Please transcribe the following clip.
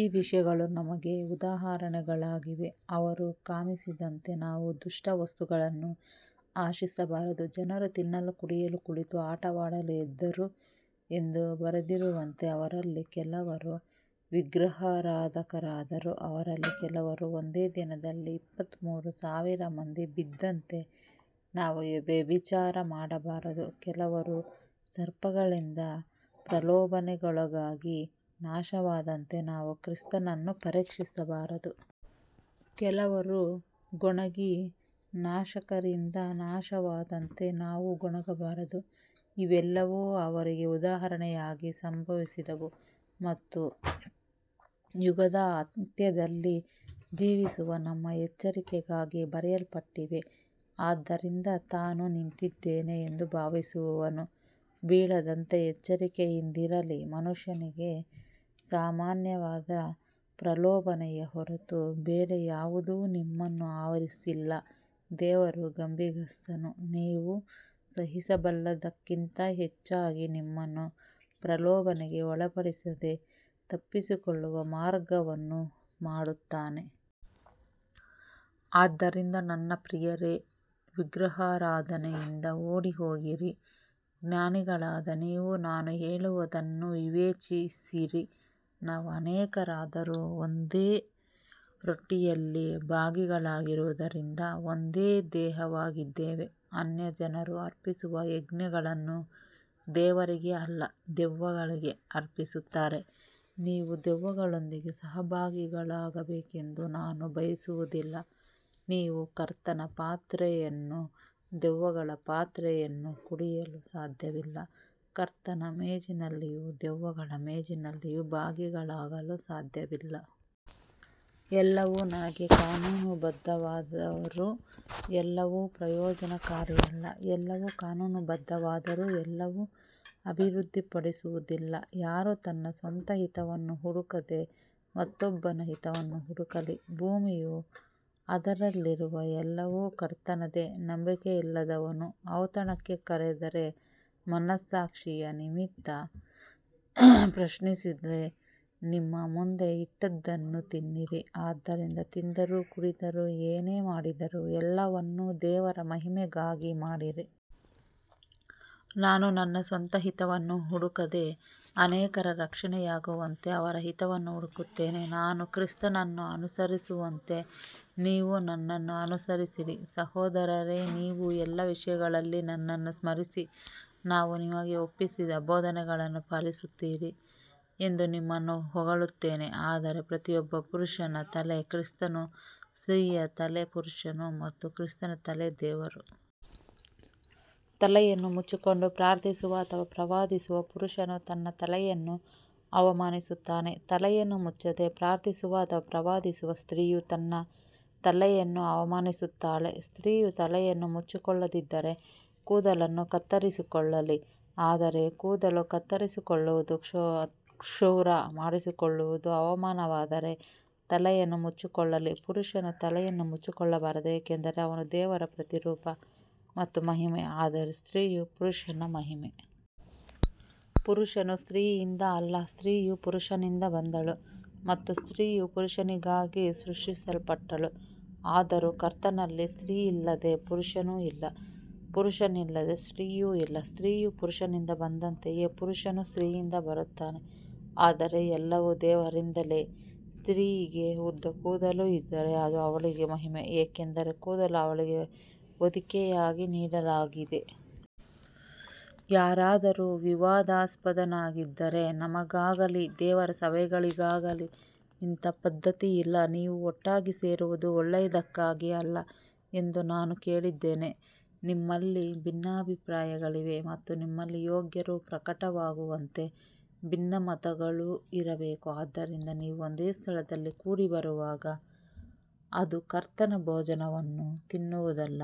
ಈ ವಿಷಯಗಳು ನಮಗೆ ಉದಾಹರಣೆಗಳಾಗಿವೆ, ಅವರು ಕಾಮಿಸಿದಂತೆ ನಾವು ದುಷ್ಟ ವಸ್ತುಗಳನ್ನು ಆಶಿಸಬಾರದು. ಜನರು ತಿನ್ನಲು ಕುಡಿಯಲು ಕುಳಿತು ಆಟವಾಡಲು ಎದ್ದರು ಎಂದು ಬರೆದಿರುವಂತೆ ಅವರಲ್ಲಿ ಕೆಲವರು ವಿಗ್ರಹಾರಾಧಕರಾದರು. ಅವರಲ್ಲಿ ಕೆಲವರು ಒಂದೇ ದಿನದಲ್ಲಿ ಇಪ್ಪತ್ತ್ಮೂರು ಸಾವಿರ ಮಂದಿ ಬಿದ್ದಂತೆ ನಾವು ವ್ಯಭಿಚಾರ ಮಾಡಬಾರದು. ಕೆಲವರು ಸರ್ಪಗಳಿಂದ ಪ್ರಲೋಭನೆಗೊಳಗಾಗಿ ನಾಶವಾದಂತೆ ನಾವು ಕ್ರಿಸ್ತನನ್ನು ಪರೀಕ್ಷಿಸಬಾರದು. ಕೆಲವರು ಗೊಣಗಿ ನಾಶಕರಿಂದ ನಾಶವಾದಂತೆ ನಾವು ಗೊಣಗಬಾರದು. ಇವೆಲ್ಲವೂ ಅವರಿಗೆ ಉದಾಹರಣೆಯಾಗಿ ಸಂಭವಿಸಿದವು ಮತ್ತು ಯುಗದ ಅಂತ್ಯದಲ್ಲಿ ಜೀವಿಸುವ ನಮ್ಮ ಎಚ್ಚರಿಕೆಗಾಗಿ ಬರೆಯಲ್ಪಟ್ಟಿವೆ. ಆದ್ದರಿಂದ ತಾನು ನಿಂತಿದ್ದೇನೆ ಎಂದು ಭಾವಿಸುವವನು ಬೀಳದಂತೆ ಎಚ್ಚರಿಕೆಯಿಂದಿರಲಿ. ಮನುಷ್ಯನಿಗೆ ಸಾಮಾನ್ಯವಾದ ಪ್ರಲೋಭನೆಯ ಹೊರತು ಬೇರೆ ಯಾವುದೂ ನಿಮ್ಮನ್ನು ಆವರಿಸಿಲ್ಲ. ದೇವರು ನಂಬಿಗಸ್ತನು, ನೀವು ಸಹಿಸಬಲ್ಲದಕ್ಕಿಂತ ಹೆಚ್ಚಾಗಿ ನಿಮ್ಮನ್ನು ಪ್ರಲೋಭನೆಗೆ ಒಳಪಡಿಸದೆ, ತಪ್ಪಿಸಿಕೊಳ್ಳುವ ಮಾರ್ಗವನ್ನೂ ಮಾಡುತ್ತಾನೆ. ಆದ್ದರಿಂದ ನನ್ನ ಪ್ರಿಯರೇ, ವಿಗ್ರಹಾರಾಧನೆಯಿಂದ ಓಡಿಹೋಗಿರಿ. ಜ್ಞಾನಿಗಳಾದ ನೀವು ನಾನು ಹೇಳುವುದನ್ನು ವಿವೇಚಿಸಿರಿ. ನಾವು ಅನೇಕರಾದರೂ ಒಂದೇ ರೊಟ್ಟಿಯಲ್ಲಿ ಭಾಗಿಗಳಾಗಿರುವುದರಿಂದ ಒಂದೇ ದೇಹವಾಗಿದ್ದೇವೆ. ಅನ್ಯಜನರು ಅರ್ಪಿಸುವ ಯಜ್ಞಗಳನ್ನು ದೇವರಿಗೆ ಅಲ್ಲ, ದೆವ್ವಗಳಿಗೆ ಅರ್ಪಿಸುತ್ತಾರೆ. ನೀವು ದೆವ್ವಗಳೊಂದಿಗೆ ಸಹಭಾಗಿಗಳಾಗಬೇಕೆಂದು ನಾನು ಬಯಸುವುದಿಲ್ಲ. ನೀವು ಕರ್ತನ ಪಾತ್ರೆಯನ್ನೂ ದೆವ್ವಗಳ ಪಾತ್ರೆಯನ್ನೂ ಕುಡಿಯಲು ಸಾಧ್ಯವಿಲ್ಲ, ಕರ್ತನ ಮೇಜಿನಲ್ಲಿಯೂ ದೆವ್ವಗಳ ಮೇಜಿನಲ್ಲಿಯೂ ಭಾಗಿಗಳಾಗಲು ಸಾಧ್ಯವಿಲ್ಲ. ಎಲ್ಲವೂ ನನಗೆ ಕಾನೂನುಬದ್ಧವಾದರೂ ಎಲ್ಲವೂ ಪ್ರಯೋಜನಕಾರಿಯಲ್ಲ, ಎಲ್ಲವೂ ಕಾನೂನುಬದ್ಧವಾದರೂ ಎಲ್ಲವೂ ಅಭಿವೃದ್ಧಿಪಡಿಸುವುದಿಲ್ಲ. ಯಾರೂ ತನ್ನ ಸ್ವಂತ ಹಿತವನ್ನು ಹುಡುಕದೆ, ಮತ್ತೊಬ್ಬನ ಹಿತವನ್ನು ಹುಡುಕಲಿ. ಭೂಮಿಯೂ ಅದರಲ್ಲಿರುವ ಎಲ್ಲವೂ ಕರ್ತನದೇ. ನಂಬಿಕೆಯಿಲ್ಲದವನು ಔತಣಕ್ಕೆ ಕರೆದರೆ, ಮನಸ್ಸಾಕ್ಷಿಯ ನಿಮಿತ್ತ ಪ್ರಶ್ನಿಸದೆ ನಿಮ್ಮ ಮುಂದೆ ಇಟ್ಟದ್ದನ್ನು ತಿನ್ನಿರಿ. ಆದ್ದರಿಂದ ತಿಂದರೂ ಕುಡಿದರೂ ಏನೇ ಮಾಡಿದರೂ ಎಲ್ಲವನ್ನೂ ದೇವರ ಮಹಿಮೆಗಾಗಿ ಮಾಡಿರಿ. ನಾನು ನನ್ನ ಸ್ವಂತ ಹಿತವನ್ನು ಹುಡುಕದೆ ಅನೇಕರ ರಕ್ಷಣೆಯಾಗುವಂತೆ ಅವರ ಹಿತವನ್ನು ಹುಡುಕುತ್ತೇನೆ. ನಾನು ಕ್ರಿಸ್ತನನ್ನು ಅನುಸರಿಸುವಂತೆ ನೀವು ನನ್ನನ್ನು ಅನುಸರಿಸಿರಿ. ಸಹೋದರರೇ, ನೀವು ಎಲ್ಲ ವಿಷಯಗಳಲ್ಲಿ ನನ್ನನ್ನು ಸ್ಮರಿಸಿ, ನಾನು ನಿಮಗೆ ಒಪ್ಪಿಸಿದ ಬೋಧನೆಗಳನ್ನು ಪಾಲಿಸುತ್ತೀರಿ ಎಂದು ನಿಮ್ಮನ್ನು ಹೊಗಳುತ್ತೇನೆ. ಆದರೆ ಪ್ರತಿಯೊಬ್ಬ ಪುರುಷನ ತಲೆ ಕ್ರಿಸ್ತನು, ಸ್ತ್ರೀಯ ತಲೆ ಪುರುಷನು ಮತ್ತು ಕ್ರಿಸ್ತನ ತಲೆ ದೇವರು. ತಲೆಯನ್ನು ಮುಚ್ಚಿಕೊಂಡು ಪ್ರಾರ್ಥಿಸುವ ಅಥವಾ ಪ್ರವಾದಿಸುವ ಪುರುಷನು ತನ್ನ ತಲೆಯನ್ನು ಅವಮಾನಿಸುತ್ತಾನೆ. ತಲೆಯನ್ನು ಮುಚ್ಚದೆ ಪ್ರಾರ್ಥಿಸುವ ಅಥವಾ ಪ್ರವಾದಿಸುವ ಸ್ತ್ರೀಯು ತನ್ನ ತಲೆಯನ್ನು ಅವಮಾನಿಸುತ್ತಾಳೆ. ಸ್ತ್ರೀಯು ತಲೆಯನ್ನು ಮುಚ್ಚಿಕೊಳ್ಳದಿದ್ದರೆ ಕೂದಲನ್ನು ಕತ್ತರಿಸಿಕೊಳ್ಳಲಿ, ಆದರೆ ಕೂದಲು ಕತ್ತರಿಸಿಕೊಳ್ಳುವುದು ಅಥವಾ ಕ್ಷೌರ ಮಾಡಿಸಿಕೊಳ್ಳುವುದು ಅವಮಾನವಾದರೆ ತಲೆಯನ್ನು ಮುಚ್ಚಿಕೊಳ್ಳಲಿ. ಪುರುಷನು ತಲೆಯನ್ನು ಮುಚ್ಚಿಕೊಳ್ಳಬಾರದು, ಏಕೆಂದರೆ ಅವನು ದೇವರ ಪ್ರತಿರೂಪ ಮತ್ತು ಮಹಿಮೆ, ಆದರೆ ಸ್ತ್ರೀಯು ಪುರುಷನ ಮಹಿಮೆ. ಪುರುಷನು ಸ್ತ್ರೀಯಿಂದ ಅಲ್ಲ, ಸ್ತ್ರೀಯು ಪುರುಷನಿಂದ ಬಂದಳು, ಮತ್ತು ಸ್ತ್ರೀಯು ಪುರುಷನಿಗಾಗಿ ಸೃಷ್ಟಿಸಲ್ಪಟ್ಟಳು. ಆದರೂ ಕರ್ತನಲ್ಲಿ ಸ್ತ್ರೀಯಿಲ್ಲದೆ ಪುರುಷನೂ ಇಲ್ಲ, ಪುರುಷನಿಲ್ಲದೆ ಸ್ತ್ರೀಯೂ ಇಲ್ಲ. ಸ್ತ್ರೀಯು ಪುರುಷನಿಂದ ಬಂದಂತೆಯೇ ಪುರುಷನು ಸ್ತ್ರೀಯಿಂದ ಬರುತ್ತಾನೆ, ಆದರೆ ಎಲ್ಲವೂ ದೇವರಿಂದಲೇ. ಸ್ತ್ರೀಯಿಗೆ ಉದ್ದ ಕೂದಲು ಇದ್ದರೆ ಅದು ಅವಳಿಗೆ ಮಹಿಮೆ, ಏಕೆಂದರೆ ಕೂದಲು ಅವಳಿಗೆ ಹೊದಿಕೆಯಾಗಿ ನೀಡಲಾಗಿದೆ. ಯಾರಾದರೂ ವಿವಾದಾಸ್ಪದನಾಗಿದ್ದರೆ ನಮಗಾಗಲಿ ದೇವರ ಸಭೆಗಳಿಗಾಗಲಿ ಇಂಥ ಪದ್ಧತಿ ಇಲ್ಲ. ನೀವು ಒಟ್ಟಾಗಿ ಸೇರುವುದು ಒಳ್ಳೆಯದಕ್ಕಾಗಿ ಅಲ್ಲ ಎಂದು ನಾನು ಕೇಳಿದ್ದೇನೆ. ನಿಮ್ಮಲ್ಲಿ ಭಿನ್ನಾಭಿಪ್ರಾಯಗಳಿವೆ ಮತ್ತು ನಿಮ್ಮಲ್ಲಿ ಯೋಗ್ಯರು ಪ್ರಕಟವಾಗುವಂತೆ ಭಿನ್ನಮತಗಳೂ ಇರಬೇಕು. ಆದ್ದರಿಂದ ನೀವು ಒಂದೇ ಸ್ಥಳದಲ್ಲಿ ಕೂಡಿಬರುವಾಗ ಅದು ಕರ್ತನ ಭೋಜನವನ್ನು ತಿನ್ನುವುದಲ್ಲ.